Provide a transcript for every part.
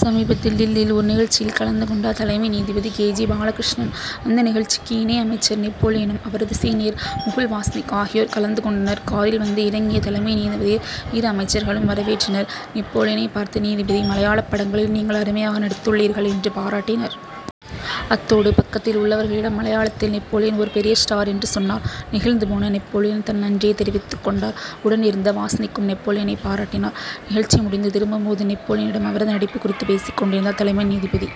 சமீபத்தில் டில்லியில் ஒரு நிகழ்ச்சியில் கலந்து கொண்டார் தலைமை நீதிபதி கே. ஜி. பாலகிருஷ்ணன். அந்த நிகழ்ச்சிக்கு இணை அமைச்சர் நெப்போலியனும், அவரது சீனியர் முகுல் வாஸ்னிக் ஆகியோர் கலந்து கொண்டனர். காரில் வந்து இறங்கிய தலைமை நீதிபதியை இரு அமைச்சர்களும் வரவேற்றனர். நெப்போலியனைப் பார்த்த நீதிபதி, மலையாளப் படங்களில் நீங்கள் அருமையாக நடித்துள்ளீர்கள் என்று பாராட்டினார். அத்தோடு பக்கத்தில் உள்ளவர்களிடம் மலையாளத்தில் நெப்போலியன் ஒரு பெரிய ஸ்டார் என்று சொன்னார். நெகிழ்ந்து போன நெப்போலியன், தன் நன்றியைத் தெரிவித்துக் கொண்டார். உடன் இருந்த வாஸ்னிக்கும் நெப்போலியனைப் பாராட்டினார். நிகழ்ச்சி முடிந்து திரும்பும் போதும் நெப்போலியனிடம் அவரது நடிப்பு குறித்து பேசிக் கொண்டிருந்தார் தலைமை நீதிபதி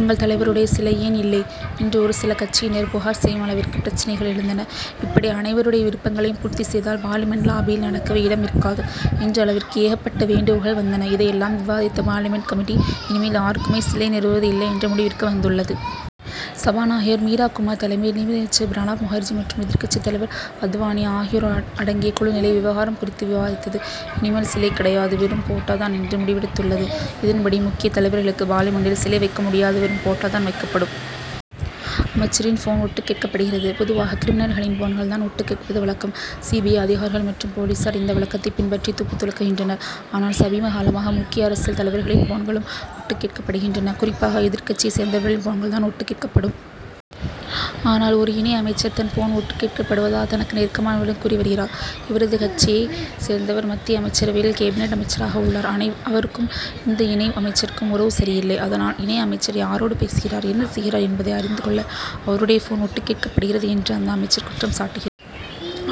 எங்கள் தலைவருடைய சிலை ஏன் இல்லை' என்று ஒரு சில கட்சியினர் புகார் செய்யும் அளவிற்கு பிரச்னைகள் எழுந்தன. இப்படி அனைவருடைய விருப்பங்களையும் பூர்த்தி செய்தால், பார்லிமென்ட் லாபியில் நடக்கவே இடம் இருக்காது என்ற அளவிற்கு ஏகப்பட்ட வேண்டுகோள்கள் வந்தன. இதையெல்லாம் விவாதித்த பார்லிமென்ட் கமிட்டி, இனிமேல் யாருக்குமே சிலை நிறுவுவது இல்லை என்ற முடிவிற்கு வந்துள்ளது. சபாநாயகர் மீரா குமார் தலைமையில், நிதியமைச்சர் பிரணாப் முகர்ஜி மற்றும் எதிர்க்கட்சித் தலைவர் அத்வானி ஆகியோர் அடங்கிய குழு நிலை விவகாரம் குறித்து விவாதித்தது. இனிமேல் சிலை கிடையாது, வெறும் போட்டோ தான்' என்று முடிவெடுத்துள்ளது. இதன்படி, முக்கிய தலைவர்களுக்கு பார்லிமென்ட்டில் சிலை வைக்க முடியாது, வெறும் போட்டோ தான் வைக்கப்படும். அமைச்சரின் போன் ஒட்டுக் கேட்கப்படுகிறது? பொதுவாக கிரிமினல்களின் போன்கள் தான் ஒட்டுக் கேட்பது வழக்கம். சி. பி. ஐ. அதிகாரிகள் மற்றும் போலீசார் இந்த வழக்கத்தைப் பின்பற்றி துப்பு துலக்குகின்றனர். ஆனால், சமீபகாலமாக முக்கிய அரசியல் தலைவர்களின் போன்களும் ஒட்டுக் கேட்கப்படுகின்றன. குறிப்பாக, எதிர்க்கட்சியைச் சேர்ந்தவர்களின் போன்கள் தான் ஒட்டுக் கேட்கப்படும். ஆனால், ஒரு இணை அமைச்சர், தன் போன் ஒட்டுக் கேட்கப்படுவதாக தனக்கு நெருக்கமானவர்களிடம் கூறி வருகிறார். இவரது கட்சியைச் சேர்ந்தவர் மத்திய அமைச்சரவையில் கேபினட் அமைச்சராக உள்ளார். அவருக்கும் இந்த இணை அமைச்சருக்கும் உறவு சரியில்லை. அதனால், இணை அமைச்சர் யாரோடு பேசுகிறார்? என்ன செய்கிறார் என்பதை அறிந்து கொள்ள அவருடைய போன் ஒட்டுக் கேட்கப்படுகிறது என்று அந்த அமைச்சர் குற்றம் சாட்டுகிறார்.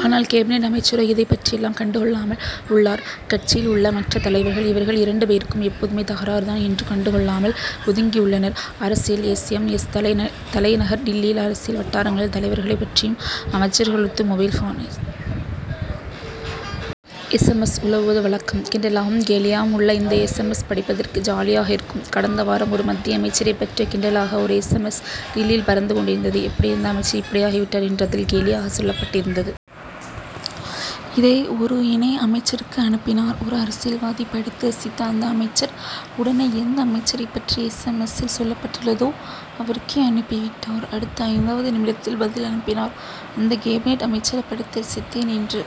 ஆனால், கேபினட் அமைச்சரோ இதைப் பற்றியெல்லாம் கண்டு கொள்ளாமல் உள்ளார். கட்சியில் உள்ள மற்ற தலைவர்கள், இவர்கள் இரண்டு பேருக்கும் எப்போதுமே தகராறு தான் என்று கண்டுகொள்ளாமல் ஒதுங்கியுள்ளனர். அரசியல் எஸ். எம். எஸ்.,தலைநகர் டில்லியில் அரசியல் வட்டாரங்களில் தலைவர்களைப் பற்றியும் அமைச்சர்கள் குறித்தும் mobile phone S. M. S., உலவுவது வழக்கம். கிண்டலாகவும், கேலியாகவும் உள்ள இந்த எஸ். எம். எஸ்., படிப்பதற்கு ஜாலியாக இருக்கும். கடந்த வாரம் ஒரு மத்திய அமைச்சரைப் பற்றி கிண்டலாக ஒரு எஸ். எம். எஸ்., டில்லியில் பறந்து கொண்டிருந்தது. எப்படியிருந்த அமைச்சர் இப்படி ஆகிவிட்டார் என்று அதில் கேலியாக சொல்லப்பட்டிருந்தது. இதை ஒரு இணை அமைச்சருக்கு அனுப்பினார் ஒரு அரசியல்வாதி. படித்து ரசித்த அந்த அமைச்சர் உடனே, எந்த அமைச்சரைப் பற்றி எஸ். எம். எஸ்.,சில் சொல்லப்பட்டுள்ளதோ அவருக்கே அனுப்பிவிட்டார். அடுத்து ஐந்தாவது நிமிடத்தில் பதில் அனுப்பினார் அந்த கேபினட் அமைச்சர், படித்து ரசித்தேன் என்று.